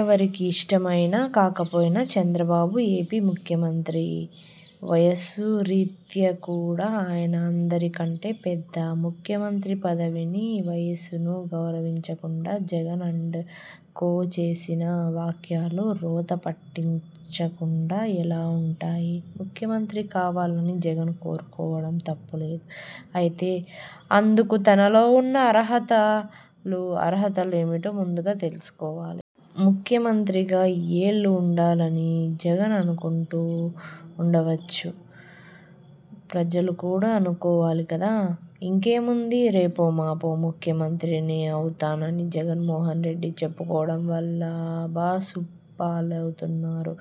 ఎవరికి ఇష్టం అయినా కాకపోయినా చంద్రబాబు ఏపీ ముఖ్యమంత్రి. వయసు రీత్యా కూడా ఆయన అందరికంటే పెద్ద. ముఖ్యమంత్రి పదవిని, వయసును గౌరవించకుండా జగన్ అండ్ కో చేసిన వ్యాఖ్యలు రోత పుట్టించకుండా ఎలా ఉంటాయి? ముఖ్యమంత్రి కావాలని జగన్ కోరుకోవడంలో తప్పు లేదు. అయితే అందుకు తనలో ఉన్న అర్హతలు, అనర్హతలు ఏమిటో ముందుగా తెలుసుకోవాలి. ముఖ్యమంత్రిగా ఏళ్లు ఉండాలని జగన్ అనుకుంటూ ఉండవచ్చు. ప్రజలు కూడా అనుకోవాలి కదా! ఇంకేముంది రేపో మాపో ముఖ్యమంత్రిని అవుతున్నానని జగన్మోహన్రెడ్డి చెప్పుకోవడం వల్ల అభాసుపాలవుతున్నారు.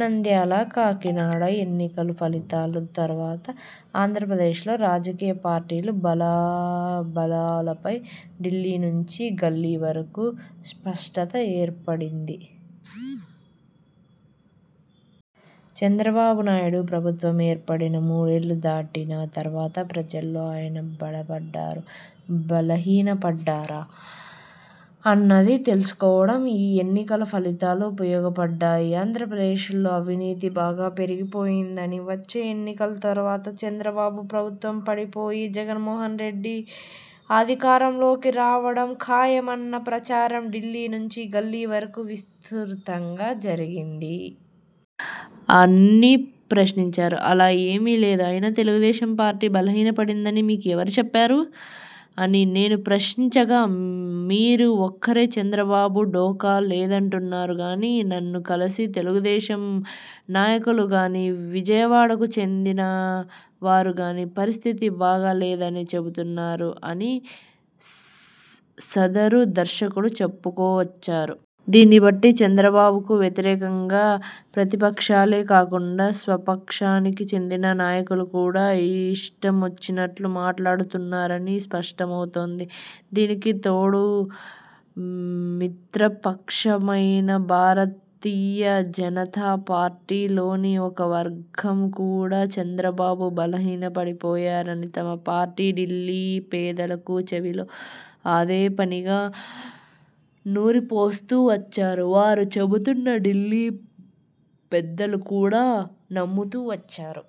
నంద్యాల, కాకినాడ ఎన్నికల ఫలితాల తర్వాత ఆంధ్రప్రదేశ్లో రాజకీయ పార్టీల బలాబలాలపై ఢిల్లీ నుంచి గల్లీ వరకు స్పష్టత ఏర్పడింది. చంద్రబాబునాయుడు ప్రభుత్వం ఏర్పడి మూడేళ్లు దాటిన తర్వాత ప్రజలలో ఆయన బలపడ్డారా? బలహీనపడ్డారా? అన్నది తెలుసుకోవడానికి ఈ ఎన్నికల ఫలితాలు ఉపయోగపడ్డాయి. ఆంధ్రప్రదేశ్లో అవినీతి బాగా పెరిగిపోయిందనీ, వచ్చే ఎన్నికల తర్వాత చంద్రబాబు ప్రభుత్వం పడిపోయి జగన్మోహన్రెడ్డి అధికారంలోకి రావడం ఖాయమన్న ప్రచారం ఢిల్లీ నుంచి గల్లీ వరకు విస్తృతంగా జరిగింది. ' అన్నీ ప్రశ్నించారు. 'అలా ఏమీ లేదే- అయినా తెలుగుదేశం పార్టీ బలహీనపడిందని మీకు ఎవరు చెప్పారు? ' అని నేను ప్రశ్నించగా, 'మీరు ఒక్కరే చంద్రబాబుకు ఢోకా లేదంటున్నారు గానీ నన్ను కలిసిన తెలుగుదేశం నాయకులు గానీ, విజయవాడకు చెందినవారు గానీ పరిస్థితి బాగా లేదనే చెబుతున్నారు' అని సదరు దర్శకుడు చెప్పుకొచ్చారు. దీన్నిబట్టి చంద్రబాబుకు వ్యతిరేకంగా ప్రతిపక్షాలే కాకుండా స్వపక్షానికి చెందిన నాయకులు కూడా ఇష్టమొచ్చినట్లు మాట్లాడుతున్నారని స్పష్టమవుతోంది. దీనికి తోడు మిత్రపక్షమైన భారతీయ జనతా పార్టీలోని ఒక వర్గం కూడా చంద్రబాబు బలహీనపడిపోయారని తమ పార్టీ ఢిల్లీ పెదలు చెవిలో అదే పనిగా నూరిపోస్తూ వచ్చారు. వారు చెబుతున్న దాన్ని ఢిల్లీ పెద్దలు కూడా నమ్ముతూ వచ్చారు.